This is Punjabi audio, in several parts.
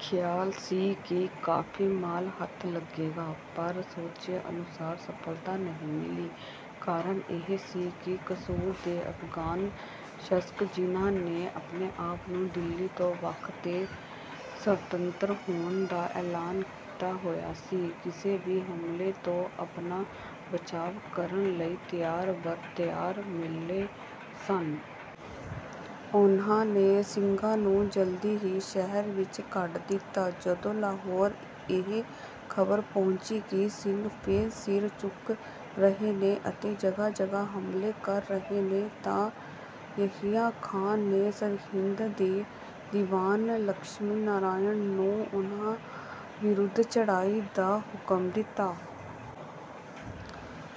ਖ਼ਿਆਲ ਸੀ ਕਿ ਕਾਫ਼ੀ ਮਾਲ ਹੱਥ ਲੱਗੇਗਾ। ਪਰ ਸੋਚੇ ਅਨੁਸਾਰ ਸਫਲਤਾ ਨਹੀਂ ਮਿਲੀ। ਕਾਰਨ ਇਹ ਸੀ ਕਿ ਕਸੂਰ ਦੇ ਅਫ਼ਗਾਨ ਸ਼ਾਸਕ, ਜਿਹਨਾਂ ਨੇ ਆਪਣੇ ਆਪ ਨੂੰ ਦਿੱਲੀ ਤੋਂ ਵੱਖ ਤੇ ਸੁਤੰਤਰ ਹੋਣ ਦਾ ਐਲਾਨ ਕੀਤਾ ਹੋਇਆ ਸੀ, ਕਿਸੇ ਵੀ ਹਮਲੇ ਤੋਂ ਆਪਣਾ ਬਚਾਅ ਕਰਨ ਲਈ ਤਿਆਰ-ਬਰ-ਤਿਆਰ ਮਿਲੇ ਸਨ। ਉਹਨਾਂ ਨੇ ਸਿੰਘਾਂ ਨੂੰ ਜਲਦੀ ਹੀ ਸ਼ਹਿਰ ਵਿੱਚੋਂ ਕੱਢ ਦਿੱਤਾ। ਜਦੋਂ ਲਾਹੌਰ ਇਹ ਖ਼ਬਰ ਪਹੁੰਚੀ ਕਿ ਸਿੰਘ ਫੇਰ ਸਿਰ ਚੁੱਕ ਰਹੇ ਨੇ ਅਤੇ ਜਗ੍ਹਾ-ਜਗ੍ਹਾ ਹਮਲੇ ਕਰ ਰਹੇ ਨੇ, ਤਾਂ ਯਹੀਆ ਖਾਂ ਨੇ ਸਰਹਿੰਦ ਦੇ ਦੀਵਾਨ ਲਕਸ਼ਮੀ ਨਾਰਾਇਣ ਨੂੰ ਉਹਨਾਂ ਵਿਰੁੱਧ ਚੜ੍ਹਾਈ ਦਾ ਹੁਕਮ ਦਿੱਤਾ।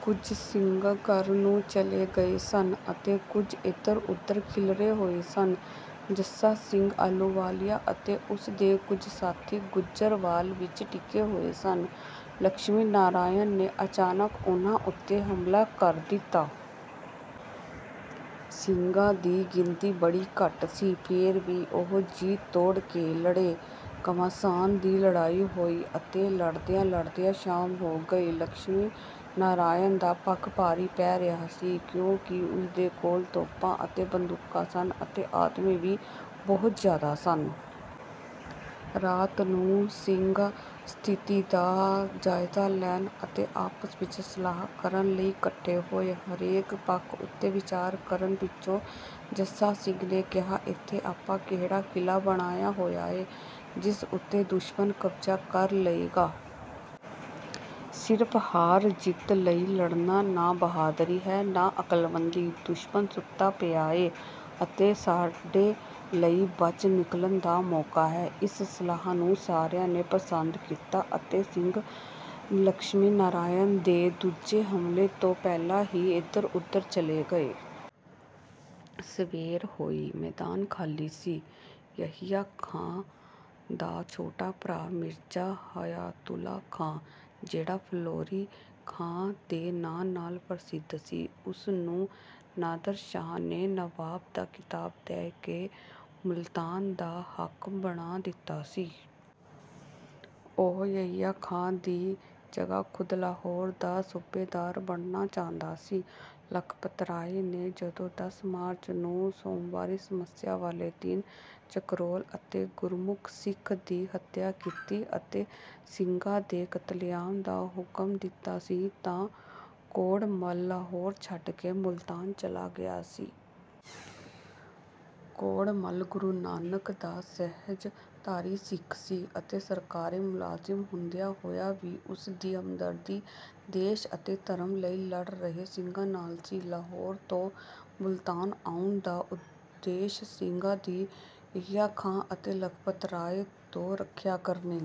ਕੁਝ ਸਿੰਘ ਘਰਾਂ ਨੂੰ ਚਲੇ ਗਏ ਸਨ ਅਤੇ ਕੁਝ ਇਧਰ-ਉਧਰ ਖਿੱਲਰੇ ਹੋਏ ਸਨ। ਜੱਸਾ ਸਿੰਘ ਆਹਲੂਵਾਲੀਆ ਅਤੇ ਉਸਦੇ ਕੁਝ ਸਾਥੀ ਗੁੱਜਰਵਾਲ ਵਿੱਚ ਟਿਕੇ ਹੋਏ ਸਨ। ਲਕਸ਼ਮੀ ਨਾਰਾਇਣ ਨੇ ਅਚਾਨਕ ਉਹਨਾਂ ਉੱਤੇ ਹਮਲਾ ਕਰ ਦਿੱਤਾ। ਸਿੰਘਾਂ ਦੀ ਗਿਣਤੀ ਬੜੀ ਘੱਟ ਸੀ, ਫੇਰ ਵੀ ਉਹ ਜੀਅ-ਤੋੜ ਕੇ ਲੜੇ। ਘਮਾਸਾਨ ਦੀ ਲੜਾਈ ਹੋਈ ਅਤੇ ਲੜਦਿਆਂ-ਲੜਦਿਆਂ ਸ਼ਾਮ ਹੋ ਗਈ। ਲਕਸ਼ਮੀ ਨਾਰਾਇਣ ਦਾ ਪੱਖ ਭਾਰੀ ਪੈ ਰਿਹਾ ਸੀ, ਕਿਉਂਕਿ ਉਸਦੇ ਕੋਲ ਤੋਪਾਂ ਅਤੇ ਬੰਦੂਕਾਂ ਸਨ ਅਤੇ ਆਦਮੀ ਵੀ ਬਹੁਤ ਜ਼ਿਆਦਾ ਸਨ। ਰਾਤ ਨੂੰ ਸਿੰਘ ਸਥਿਤੀ ਦਾ ਜਾਇਜ਼ਾ ਲੈਣ ਅਤੇ ਆਪਸ ਵਿੱਚ ਸਲਾਹ ਕਰਨ ਲਈ ਇਕੱਠੇ ਹੋਏ। ਹਰੇਕ ਪੱਖ ਉੱਤੇ ਵਿਚਾਰ ਕਰਨ ਪਿੱਛੋਂ ਜੱਸਾ ਸਿੰਘ ਨੇ ਕਿਹਾ, "ਇੱਥੇ ਆਪਾਂ ਕਿਹੜਾ ਕਿਲ੍ਹਾ ਬਣਾਇਆ ਹੋਇਆ ਏ, ਜਿਸ ਉੱਤੇ ਦੁਸ਼ਮਣ ਕਬਜ਼ਾ ਕਰ ਲਏਗਾ। ਸਿਰਫ਼ ਹਾਰ-ਜਿੱਤ ਲਈ ਲੜਨਾ ਨਾ ਬਹਾਦਰੀ ਹੈ, ਨਾ ਅਕਲਮੰਦੀ। ਦੁਸ਼ਮਣ ਸੁੱਤਾ ਹੋਇਆ ਏ ਅਤੇ ਸਾਡੇ ਲਈ ਬਚ ਨਿਕਲਣ ਦਾ ਮੌਕਾ ਹੈ।" ਇਸ ਸਲਾਹ ਨੂੰ ਸਾਰਿਆਂ ਨੇ ਪਸੰਦ ਕੀਤਾ ਅਤੇ ਸਿੰਘ ਲਕਸ਼ਮੀ ਨਾਰਾਇਣ ਦੇ ਦੂਜੇ ਹਮਲੇ ਤੋਂ ਪਹਿਲਾਂ ਹੀ ਇਧਰ-ਉਧਰ ਚਲੇ ਗਏ। ਸਵੇਰ ਹੋਈ, ਮੈਦਾਨ ਖਾਲੀ ਸੀ। ਯਹੀਆ ਖਾਂ ਦਾ ਛੋਟਾ ਭਰਾ ਮਿਰਜ਼ਾ ਹਯਾਤੁੱਲਾ ਖਾਂ, ਜਿਹੜਾ ਫਲੌਰੀ ਖਾਂ ਦੇ ਨਾਂ ਨਾਲ ਪ੍ਰਸਿੱਧ ਸੀ, ਉਸਨੂੰ ਨਾਦਰ ਸ਼ਾਹ ਨੇ ਨਵਾਬ ਦਾ ਖਿਤਾਬ ਦੇ ਕੇ ਮੁਲਤਾਨ ਦਾ ਹਾਕਮ ਬਣਾ ਦਿੱਤਾ ਸੀ। ਉਹ ਯਹੀਆ ਖਾਂ ਦੀ ਜਗ੍ਹਾ ਖ਼ੁਦ ਲਾਹੌਰ ਦਾ ਸੂਬੇਦਾਰ ਬਣਨਾ ਚਾਹੁੰਦਾ ਸੀ। ਲਖਪਤ ਰਾਏ ਨੇ ਜਦੋਂ ਦੱਸ ਮਾਰਚ ਨੂੰ, ਸੋਮਵਾਰੀ ਮੱਸਿਆ ਵਾਲੇ ਦਿਨ, ਚਕਰੈਲ ਅਤੇ ਗੁਰਮੁਖ ਸਿੱਖਾਂ ਦੀ ਹੱਤਿਆ ਕੀਤੀ ਅਤੇ ਸਿੰਘਾਂ ਦੇ ਕਤਲੇਆਮ ਦਾ ਹੁਕਮ ਦਿੱਤਾ ਸੀ, ਤਾਂ ਕੌੜਾ ਮੱਲ ਲਾਹੌਰ ਛੱਡ ਕੇ ਮੁਲਤਾਨ ਚਲਾ ਗਿਆ ਸੀ। ਕੌੜਾ ਮੱਲ ਗੁਰੂ ਨਾਨਕ ਦਾ ਸਹਿਜਧਾਰੀ ਸਿੱਖ ਸੀ ਅਤੇ ਸਰਕਾਰੀ ਮੁਲਾਜ਼ਮ ਹੁੰਦਿਆਂ ਹੋਇਆਂ ਵੀ ਉਸਦੀ ਹਮਦਰਦੀ ਦੇਸ਼ ਅਤੇ ਧਰਮ ਲਈ ਲੜ ਰਹੇ ਸਿੰਘਾਂ ਨਾਲ ਸੀ। ਲਾਹੌਰ ਤੋਂ ਮੁਲਤਾਨ ਆਉਣ ਦਾ ਉਦੇਸ਼ ਸਿੰਘਾਂ ਦੀ ਯਹੀਆ ਖਾਂ ਅਤੇ ਲਖਪਤ ਰਾਏ ਤੋਂ ਰੱਖਿਆ ਕਰਨੀ